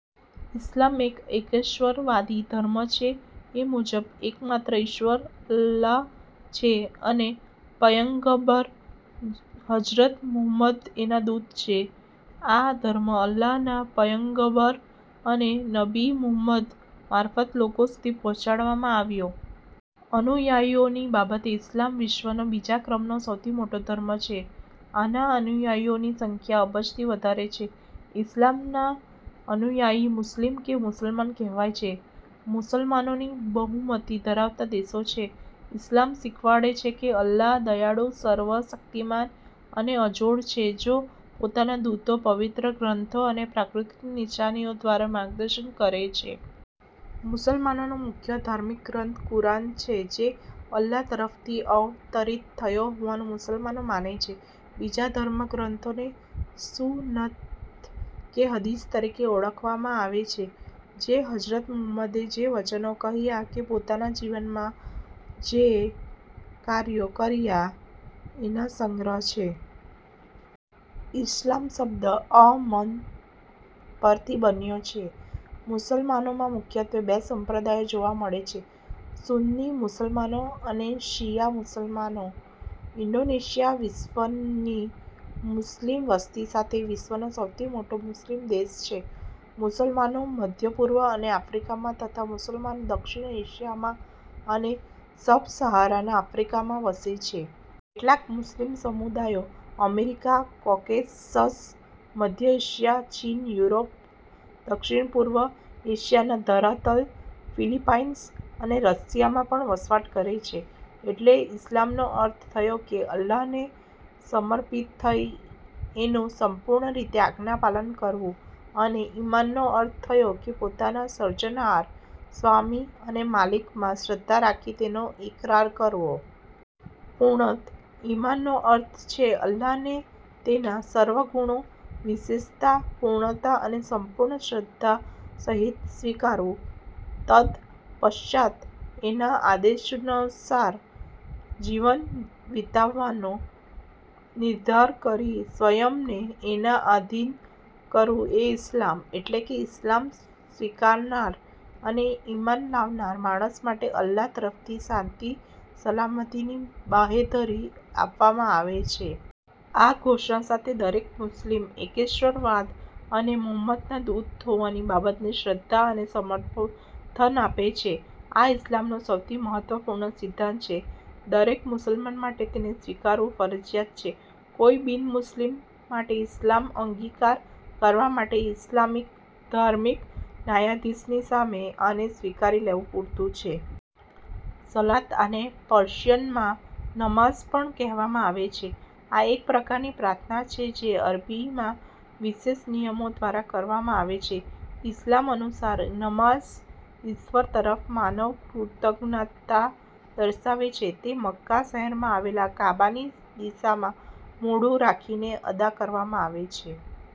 ઇસ્લામ એક એકેશ્વરવાદી ધર્મ છે એ મુજબ એક માત્ર ઈશ્વર " અલ્લાહ " છે અને પયગંબર હજરત મુહમ્મદ એના દૂત છે. આ ધર્મ અલ્લાહના પયગંબર અને નબી મુહંમદ મારફત લોકો સુધી પહોંચાડવામાં આવ્યો. અનુયાયીઓની બાબતે ઇસ્લામ વિશ્વનો બીજા ક્રમનો સૌથી મોટો ધર્મ છે. આના અનુયાયીઓની સંખ્યા અબજથી વધારે છે, ઇસ્લામના અનુયાયી મુસ્લિમ કે મુસલમાન કહેવાય છે. મુસલમાનોની બહુમતી ધરાવતા દેશો છે. ઇસ્લામ શીખવાડે છે કે અલ્લાહ દયાળુ, સર્વ શક્તિમાન અને અજોડ છે જે પોતાના દૂતો, પવિત્ર ગ્રંથો અને પ્રાકૃતિક નિશાનીઓ દ્વારા માર્ગદશન કરે છે. મુસલમાનોનો મુખ્ય ધાર્મિક ગ્રંથ કુરાન છે જે અલ્લાહ તરફથી અવતરિત થયો હોવાનું મુસલમાનો માને છે. બીજા ધર્મગ્રંથોને સુન્નત કે હદીસ તરીકે ઓળખવામાં આવે છે, જે હજરત મુહમ્મદે જે વચનો કહ્યાં કે પોતાના જીવનમાં જે કાર્યો કર્યા એના સંગ્રહ છે. ઇસ્લામ શબ્દ અ-મ-ન પરથી બન્યો છે. મુસલમાનોમાં મુખ્યત્વે બે સંપ્રદાયો જોવા મળે છે. સુન્ની મુસલમાનો અને શિયા મુસલમાનો. ઇન્ડોનેશિયા વિશ્વનની મુસ્લિમ વસ્તી સાથે વિશ્વનો સૌથી મોટો મુસ્લિમ દેશ છે. મુસલમાનો મધ્ય-પૂર્વ અને આફ્રિકામાં તથા મુસલમાનો દક્ષિણ એશિયા માં અને સબ-સહારાના આફ્રિકામાં વસે છે. કેટલાક મુસ્લિમ સમૂદાયો અમેરિકા, કોકેસસ, મધ્ય એશિયા, ચીન, યુરોપ, દક્ષિણ પૂર્વ એશિયાના ધરાતલ, ફિલીપાઈન્સ અને રશિયામાં પણ વસવાટ કરે છે. એટલે ઇસ્લામનો અર્થ થયો કે અલ્લાહને સમર્પિત થઈ એનું સંપૂર્ણ રીતે આજ્ઞાપાલન કરવું અને ઈમાનનો અર્થ થયો કે પોતાના સર્જનહાર, સ્વામી અને માલિકમાં શ્રદ્ધા રાખી તેનો એકરાર કરવો. પૂર્ણતઃ ઈમાનનો અર્થ છે અલ્લાહને તેના સર્વગુણો, વિશેષતા, પૂર્ણતા અને સંપૂર્ણ શ્રદ્ધા સહિત સ્વીકારવું. તદ્ પશ્ચાત એના આદેશાનુસાર જીવન વિતાવવાનો નિર્ધાર કરી સ્વંયને એના આઘીન કરવું એ ઇસ્લામ. એટલે કે ઇસ્લામ સ્વીકારનાર અને ઈમાન લાવનાર માણસ માટે અલ્લાહ તરફથી શાંતિ સલામતીની બાંહેધરી આપવામાં આવે છે. આ ઘોષણા સાથે, દરેક મુસ્લિમ એકેશ્વરવાદ અને મોહમ્મદના દૂત હોવાની બાબતને શ્રદ્ધા અને સમર્થન આપે છે. આ ઇસ્લામનો સૌથી મહત્વપૂર્ણ સિદ્ધાંત છે. દરેક મુસલમાન માટે તેને સ્વીકારવું ફરજિયાત છે. કોઈ બિનમુસ્લિમ માટે ઇસ્લામ અંગીકાર કરવા માટે ઇસ્લામિક ધાર્મિક ન્યાયાધીશની સામે આને સ્વીકારી લેવું પૂરતું છે. સલાત આને પર્શિયનમાં નમાઝ પણ કહેવામાં આવે છે. આ એક પ્રકારની પ્રાર્થના છે જે અરબીમાં વિશેષ નિયમો દ્વારા કરવામાં આવે છે. ઇસ્લામ અનુસાર, નમાઝ ઈશ્વર તરફ માનવ કૃતજ્ઞતા દર્શાવે છે. તે મક્કા શહેરમાં આવેલા કાબાની દિશામાં મોઢું રાખીને અદા કરવામાં આવે છે.